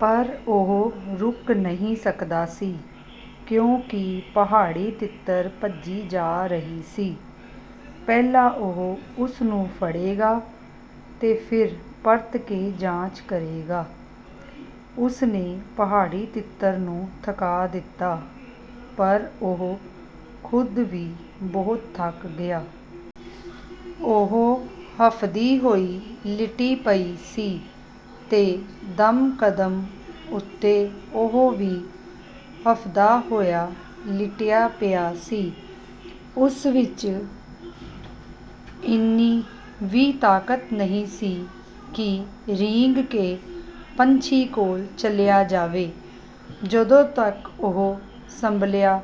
ਪਰ ਉਹ ਰੁਕ ਨਹੀਂ ਸਕਦਾ ਸੀ, ਕਿਉਂਕਿ ਪਹਾੜੀ ਤਿੱਤਰ ਭੱਜੀ ਜਾ ਰਹੀ ਸੀ। ਪਹਿਲਾਂ ਉਹ ਉਸਨੂੰ ਫੜੇਗਾ ਤੇ ਫਿਰ ਪਰਤ ਕੇ ਜਾਂਚ ਕਰੇਗਾ। ਉਸਨੇ ਪਹਾੜੀ ਤਿੱਤਰ ਨੂੰ ਥਕਾ ਦਿੱਤਾ, ਪਰ ਉਹ ਖੁਦ ਵੀ ਬਹੁਤ ਥੱਕ ਗਿਆ। ਉਹ ਹਫਦੀ ਹੋਈ ਲਿਟੀ ਪਈ ਸੀ ਤੇ ਦਸ ਕਦਮ ਉੱਤੇ ਉਹ ਵੀ ਹਫਦਾ ਹੋਇਆ ਲਿਟਿਆ ਪਿਆ ਸੀ। ਉਸ ਵਿੱਚ ਇੰਨੀ ਵੀ ਤਾਕਤ ਨਹੀਂ ਸੀ ਕਿ ਰੀਂਗ ਕੇ ਪੰਛੀ ਕੋਲ ਚਲਿਆ ਜਾਵੇ। ਜਦੋਂ ਤੱਕ ਉਹ ਸੰਭਲ਼ਿਆ,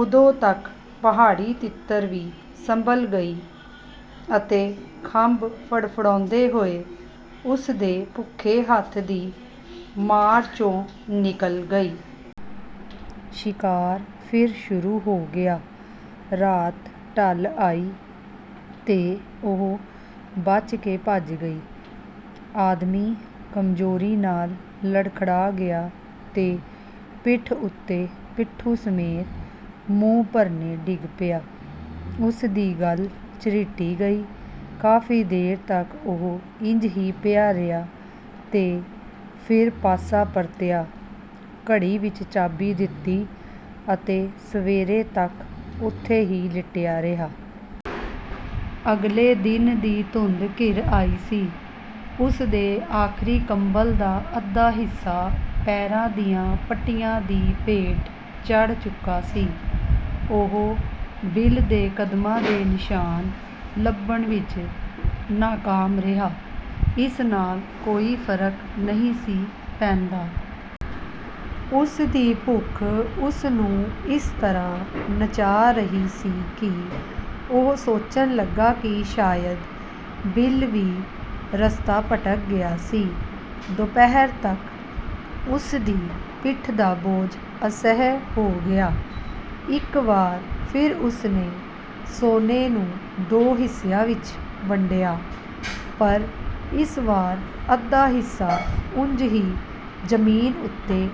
ਉਦੋਂ ਤੱਕ ਪਹਾੜੀ ਤਿੱਤਰ ਵੀ ਸੰਭਲ਼ ਗਈ ਅਤੇ ਖੰਭ ਫੜਫੜਾਉਂਦੇ ਹੋਏ ਉਸਦੇ ਭੁੱਖੇ ਹੱਥ ਦੀ ਮਾਰ 'ਚੋਂ ਨਿੱਕਲ਼ ਗਈ। ਸ਼ਿਕਾਰ ਫਿਰ ਸ਼ੁਰੂ ਹੋ ਗਿਆ। ਰਾਤ ਢਲ਼ ਆਈ ਤੇ ਉਹ ਬਚਕੇ ਭੱਜ ਗਈ। ਆਦਮੀ ਕਮਜ਼ੋਰੀ ਨਾਲ਼ ਲੜਖੜਾ ਗਿਆ ਤੇ ਪਿੱਠ ਉੱਤੇ ਪਿੱਠੂ ਸਮੇਤ ਮੂੰਹ ਪਰਨੇ ਡਿੱਗ ਪਿਆ। ਉਸਦੀ ਗੱਲ੍ਹ ਝਰੀਟੀ ਗਈ। ਕਾਫ਼ੀ ਦੇਰ ਤੱਕ ਉਹ ਇੰਝ ਹੀ ਪਿਆ ਰਿਹਾ ਤੇ ਫਿਰ ਪਾਸਾ ਪਰਤਿਆ, ਘੜੀ ਵਿੱਚ ਚਾਬੀ ਦਿੱਤੀ ਅਤੇ ਸਵੇਰੇ ਤੱਕ ਉਥੇ ਹੀ ਲਿਟਿਆ ਰਿਹਾ। ਅਗਲੇ ਦਿਨ ਵੀ ਧੁੰਦ ਘਿਰ ਆਈ ਸੀ। ਉਸਦੇ ਆਖਰੀ ਕੰਬਲ ਦਾ ਅੱਧਾ ਹਿੱਸਾ ਪੈਰਾਂ ਦੀਆਂ ਪੱਟੀਆਂ ਦੀ ਭੇਂਟ ਚੜ੍ਹ ਚੁੱਕਾ ਸੀ। ਉਹ ਬਿਲ ਦੇ ਕਦਮਾਂ ਦੇ ਨਿਸ਼ਾਨ ਲੱਭਣ ਵਿੱਚ ਨਾਕਾਮ ਰਿਹਾ। ਇਸ ਨਾਲ਼ ਕੋਈ ਫਰਕ ਨਹੀਂ ਸੀ ਪੈਂਦਾ। ਉਸਦੀ ਭੁੱਖ ਉਸਨੂੰ ਇਸ ਤਰ੍ਹਾਂ ਨਚਾ ਰਹੀ ਸੀ ਕਿ ਉਹ ਸੋਚਣ ਲੱਗਾ ਕਿ ਸ਼ਾਇਦ ਬਿਲ ਵੀ ਰਸਤਾ ਭਟਕ ਗਿਆ ਸੀ। ਦੁਪਹਿਰ ਤੱਕ ਉਸਦੀ ਪਿੱਠ ਦਾ ਬੋਝ ਅਸਹਿ ਹੋ ਗਿਆ। ਇੱਕ ਵਾਰ ਫਿਰ ਉਸਨੇ ਸੋਨੇ ਨੂੰ ਦੋ ਹਿੱਸਿਆਂ ਵਿੱਚ ਵੰਡਿਆ, ਪਰ ਇਸ ਵਾਰ ਅੱਧਾ ਹਿੱਸਾ ਉਂਝ ਹੀ ਜ਼ਮੀਨ ਉੱਤੇ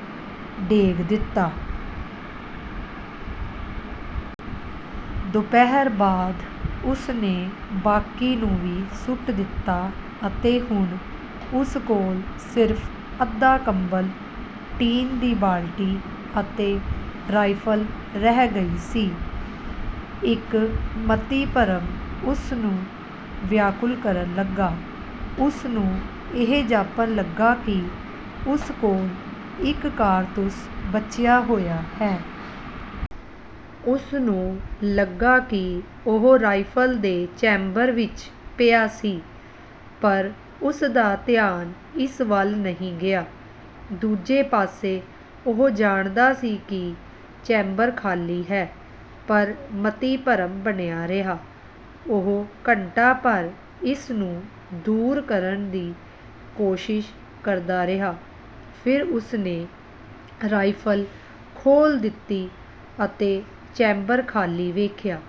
ਡੇਗ ਦਿੱਤਾ। ਦੁਪਹਿਰ ਬਾਅਦ ਉਸਨੇ ਬਾਕੀ ਨੂੰ ਵੀ ਸੁੱਟ ਦਿੱਤਾ ਅਤੇ ਹੁਣ ਉਸ ਕੋਲ਼ ਸਿਰਫ ਅੱਧਾ ਕੰਬਲ, ਟੀਨ ਦੀ ਬਾਲਟੀ ਅਤੇ ਰਾਇਫਲ ਰਹਿ ਗਈ ਸੀ। ਇੱਕ ਮਤੀਭਰਮ ਉਸਨੂੰ ਵਿਆਕੁਲ ਕਰਨ ਲੱਗਾ। ਉਸਨੂੰ ਇਹ ਜਾਪਣ ਲੱਗਾ ਕਿ ਉਸ ਕੋਲ਼ ਇੱਕ ਕਾਰਤੂਸ ਬਚਿਆ ਹੋਇਆ ਹੈ। ਉਸਨੂੰ ਲੱਗਾ ਕਿ ਉਹ ਰਾਇਫਲ ਦੇ ਚੈਂਬਰ ਵਿੱਚ ਪਿਆ ਸੀ ਪਰ ਉਸਦਾ ਧਿਆਨ ਇਸ ਵੱਲ ਨਹੀਂ ਗਿਆ। ਦੂਜੇ ਪਾਸੇ, ਉਹ ਜਾਣਦਾ ਸੀ ਕਿ ਚੈਂਬਰ ਖਾਲੀ ਹੈ। ਪਰ ਮਤੀਭਰਮ ਬਣਿਆ ਰਿਹਾ। ਉਹ ਘੰਟਾ ਭਰ ਇਸਨੂੰ ਦੂਰ ਕਰਨ ਦੀ ਕੋਸ਼ਿਸ਼ ਕਰਦਾ ਰਿਹਾ, ਫਿਰ ਉਸਨੇ ਰਾਇਫਲ ਖੋਲ੍ਹ ਦਿੱਤੀ ਅਤੇ ਚੈਂਬਰ ਖਾਲੀ ਵੇਖਿਆ।